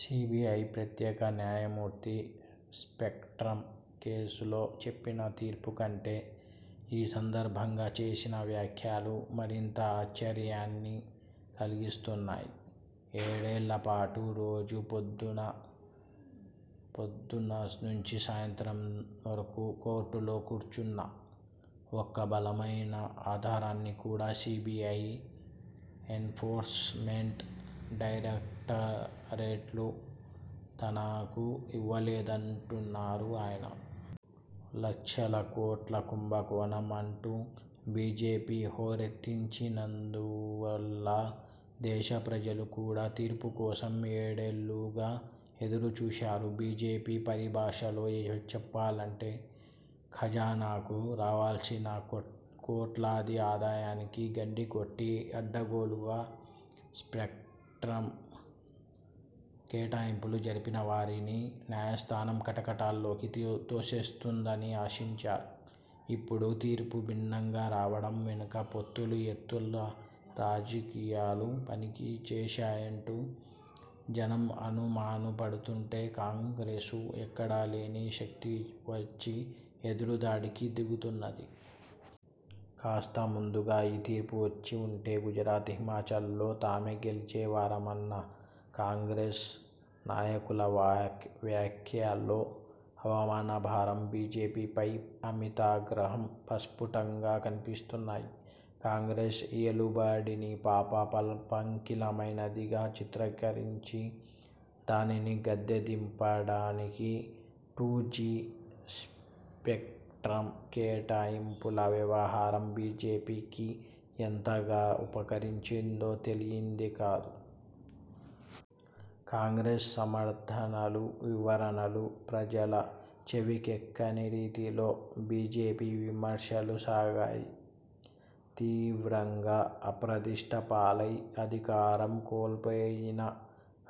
CBI ప్రత్యేక న్యాయమూర్తి spectrum కేసులో చెప్పిన తీర్పు కంటే, ఈ సందర్భంగా చేసిన వ్యాఖ్యలు మరింత ఆశ్చర్యాన్ని కలిగిస్తున్నాయి. ఏడేళ్ళపాటు రోజూ పొద్దున్న నుంచి సాయంత్రం వరకూ కోర్టులో కూర్చున్నా, ఒక్క బలమైన ఆధారాన్ని కూడా సీబీఐ, ఎన్ఫోర్స్ మెంట్ డైరక్టరేట్లు తనకు ఇవ్వలేదంటున్నారు ఆయన. లక్షల కోట్ల కుంభకోణం అంటూ బీజేపీ హోరెత్తించినందువల్ల దేశ ప్రజలు కూడా తీర్పు కోసం ఏడేళ్ళుగా ఎదురు చూశారు. బీజేపీ పరిభాషలో చెప్పాలంటే, ఖజనాకు రావాల్సిన కోట్లాది ఆదాయానికి గండికొట్టి అడ్డగోలుగా స్పెక్ట్రమ్ కేటాయింపులు జరిపిన వారిని న్యాయస్థానం కటకటాల్లోకి తోసేస్తుందని ఆశించారు. ఇప్పుడు తీర్పు భిన్నంగా రావడం వెనుక పొత్తులూ ఎత్తుల రాజకీయాలు పని చేశాయంటూ జనం అనుమానపడుతుంటే, కాంగ్రెస్కు ఎక్కడలేని శక్తీ వచ్చి ఎదురు దాడికి దిగుతున్నది. కాస్త ముందుగా ఈ తీర్పు వచ్చివుంటే గుజరాత్, హిమాచల్లో తామే గెలిచే వారమన్న కాంగ్రెస్ నాయకుల వ్యాఖ్యలో అవమాన భారం, బీజేపీపై అమితాగ్రహం ప్రస్ఫుటంగా కనిపిస్తున్నాయి. కాంగ్రెస్ ఏలుబడిని పాప పంకిలమైనదిగా చిత్రీకరించి, దానిని గద్దె దింపడానికి టూ జీ స్పెక్ట్రమ్ కేటాయింపుల వ్యవహారం బీజేపీకి ఎంతగా ఉపకరించిందో తెలియంది కాదు. కాంగ్రెస్ సమర్థనలు, వివరణలు ప్రజల చెవికెక్కని రీతిలో బీజేపీ విమర్శలు సాగాయి. తీవ్రంగా అప్రదిష్టపాలై, అధికారం కోల్పోయిన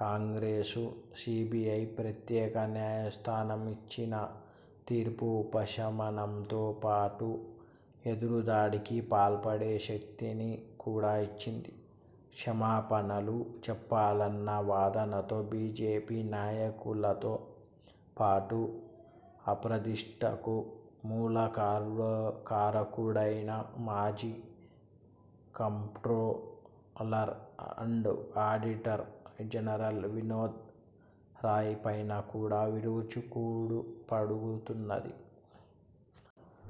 కాంగ్రెస్కు సీబీఐ ప్రత్యేక న్యాయస్థానం ఇచ్చిన తీర్పు ఉపశమనంతో పాటు ఎదురుదాడికి పాల్పడే శక్తిని కూడా ఇచ్చింది. క్షమాపణలు చెప్పాలన్న వాదనతో బీజేపీ నాయకులతో పాటు, అప్రదిష్టకు మూల కారకుడైన మాజీ comptroller and auditor general Vinod Rai పైన కూడా విరుచుకుపడుతున్నది.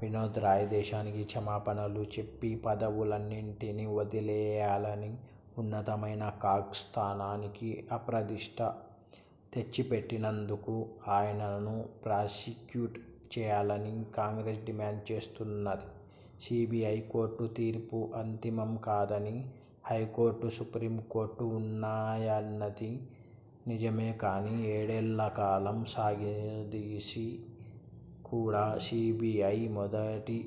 వినోద్ రాయ్ దేశానికి క్షమాపణలు చెప్పి పదవులన్నింటినీ వదిలేయాలనీ, ఉన్నతమైన కాగ్ స్థానానికి అప్రదిష్ట తెచ్చిపెట్టినందుకు ఆయనను ప్రాసిక్యూట్ చేయాలని కాంగ్రెస్ డిమాండ్ చేస్తున్నది. సీబీఐ కోర్టు తీర్పు అంతిమం కాదనీ, హైకోర్టు, సుప్రీంకోర్టూ ఉన్నాయన్నది నిజమే కానీ, ఏడేళ్ళ కాలం సాగదీసి కూడా సీబీఐ మొదటి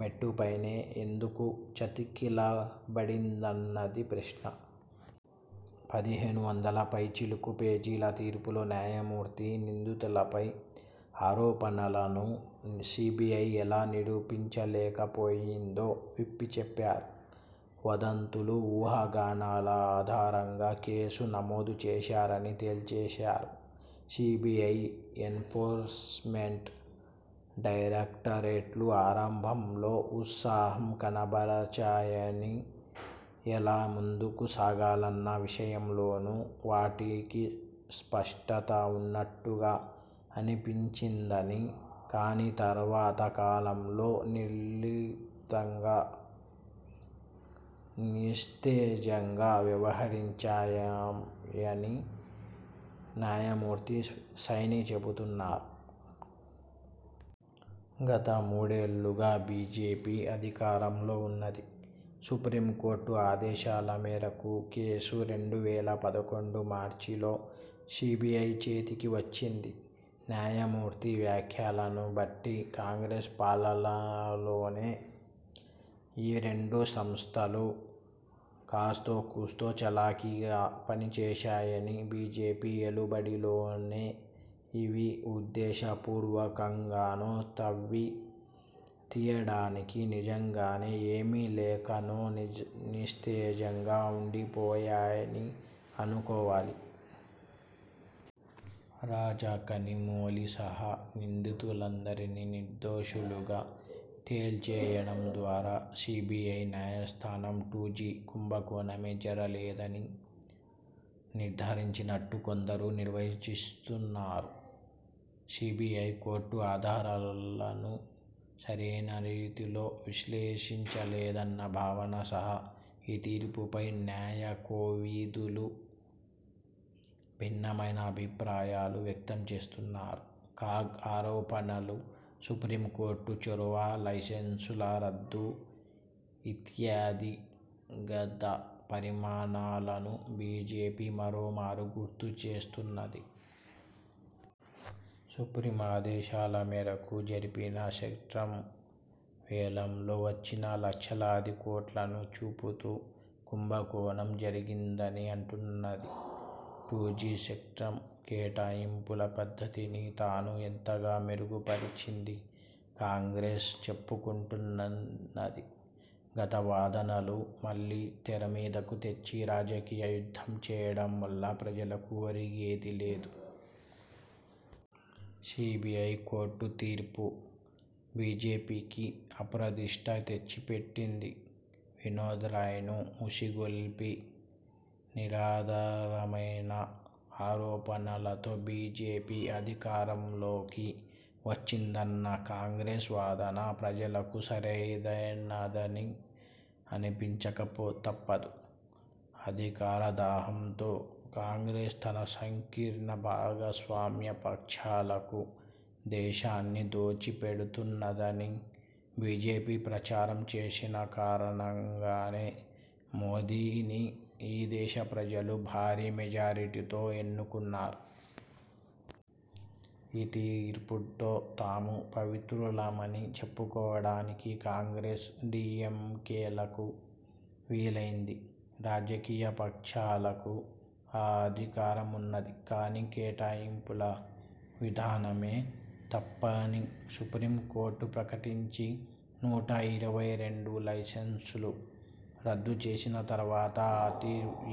మెట్టుపైనే ఎందుకు చతికిలబడిందన్నది ప్రశ్న. పదిహేనువందల పైచిలుకు పేజీల తీర్పులో న్యాయమూర్తి నిందితులపై ఆరోపణలను సీబీఐ ఎలా నిరూపించలేకపోయిందో విప్పి చెప్పారు. వదంతులు, ఊహాగానాల ఆధారంగా కేసు నమోదు చేశారని తేల్చేశారు. సీబీఐ, ఎన్ఫోర్స్మెంట్ డైరక్టరేట్లు ఆరంభంలో ఉత్సాహం కనబరచాయనీ, ఎలా ముందుకు సాగాలన్న విషయంలోనూ వాటికి స్పష్టత ఉన్నట్టుగా అనిపించిందనీ, కానీ తరువాత కాలంలో నిర్లిప్తంగా, నిస్తేజంగా వ్యవహరించాయని న్యాయమూర్తి సైనీ చెబుతున్నారు. గత మూడేళ్ళుగా బీజేపీ అధికారంలో ఉన్నది. సుప్రీంకోర్టు ఆదేశాల మేరకు కేసు రెండు వేల పదకొండు మార్చిలో సీబీఐ చేతికి వచ్చింది. న్యాయమూర్తి వ్యాఖ్యలను బట్టి కాంగ్రెస్ పాలనలోనే ఈ రెండు సంస్థలూ కాస్తోకూస్తో చలాకీగా పనిచేశాయనీ, బీజేపీ ఏలుబడిలోనే ఇవి ఉద్దేశ పూర్వకంగానో, తవ్వి తీయడానికి నిజంగానే ఏమీ లేకనో నిస్తేజంగా ఉండిపోయాయనీ అనుకోవాలి. రాజా, కనిమొళి సహా నిందితులందరినీ నిర్దోషులుగా తేల్చేయడం ద్వారా సీబీఐ న్యాయస్థానం టూ జీ కుంభకోణమే జరలేదని నిర్ధారించినట్టు కొందరు నిర్వచిస్తున్నారు. సీబీఐ కోర్టు ఆధారాలను సరైన రీతిలో విశ్లేషించలేదన్న భావన సహా ఈ తీర్పుపై న్యాయకోవిదులు భిన్నమైన అభిప్రాయాలు వ్యక్తంచేస్తున్నారు. కాగ్ ఆరోపణలు, సుప్రీంకోర్టు చొరవ, లైసెన్సుల రద్దు ఇత్యాది గత పరిణామాలను బీజేపీ మరోమారు గుర్తుచేస్తున్నది. సుప్రీం ఆదేశాల మేరకు జరిపిన స్పెక్ట్రమ్ వేలంలో వచ్చిన లక్షలాది కోట్లను చూపుతూ కుంభకోణం జరిగిందని అంటున్నది. టూ జీ స్పెక్ట్రమ్ కేటాయింపుల పద్ధతిని తాను ఎంతగా మెరుగు పరచిందీ కాంగ్రెస్ చెప్పుకుంటున్నది. గత వాదనలు మళ్ళీ తెరమీదకు తెచ్చి రాజకీయ యుద్ధం చేయడం వల్ల ప్రజలకు ఒరిగేదీ లేదు. సీబీఐ కోర్టు తీర్పు బీజేపీకి అప్రదిష్ట తెచ్చిపెట్టింది. వినోద్ రాయ్ ను ఉసిగొల్పి, నిరాధారమైన ఆరోపణలతో బీజేపీ అధికారంలోకి వచ్చిందన్న కాంగ్రెస్ వాదన ప్రజలకు సరైనదని అనిపించక తప్పదు. అధికార దాహంతో కాంగ్రెస్ తన సంకీర్ణ భాగస్వామ్య పక్షాలకు దేశాన్ని దోచి పెడుతున్నదని బీజేపీ ప్రచారం చేసిన కారణంగానే, మోదీని ఈ దేశ ప్రజలు భారీ మెజారిటీతో ఎన్నుకున్నారు. ఈ తీర్పుతో తాము పవిత్రులమని చెప్పుకోవడానికి కాంగ్రెస్, డీఎంకేలకు వీలైంది. రాజకీయపక్షాలకు ఆ అధికారం ఉన్నది కానీ, కేటాయింపుల విధానమే తప్పని సుప్రీంకోర్టు ప్రకటించి, నూట ఇరవై రెండు లైసెన్సులు రద్దుచేసిన తరువాత,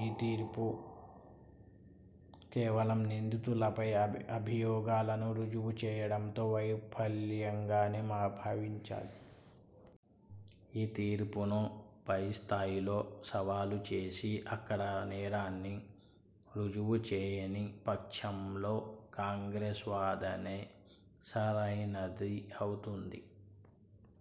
ఈ తీర్పును కేవలం నిందితులపై అభియోగాలను రుజువు చేయడంలో వైఫల్యంగానే భావించాలి. ఈ తీర్పును పైస్థాయిలో సవాలు చేసి, అక్కడ నేరాన్ని రుజువుచేయని పక్షంలో కాంగ్రెస్ వాదనే సరైనది అవుతుంది.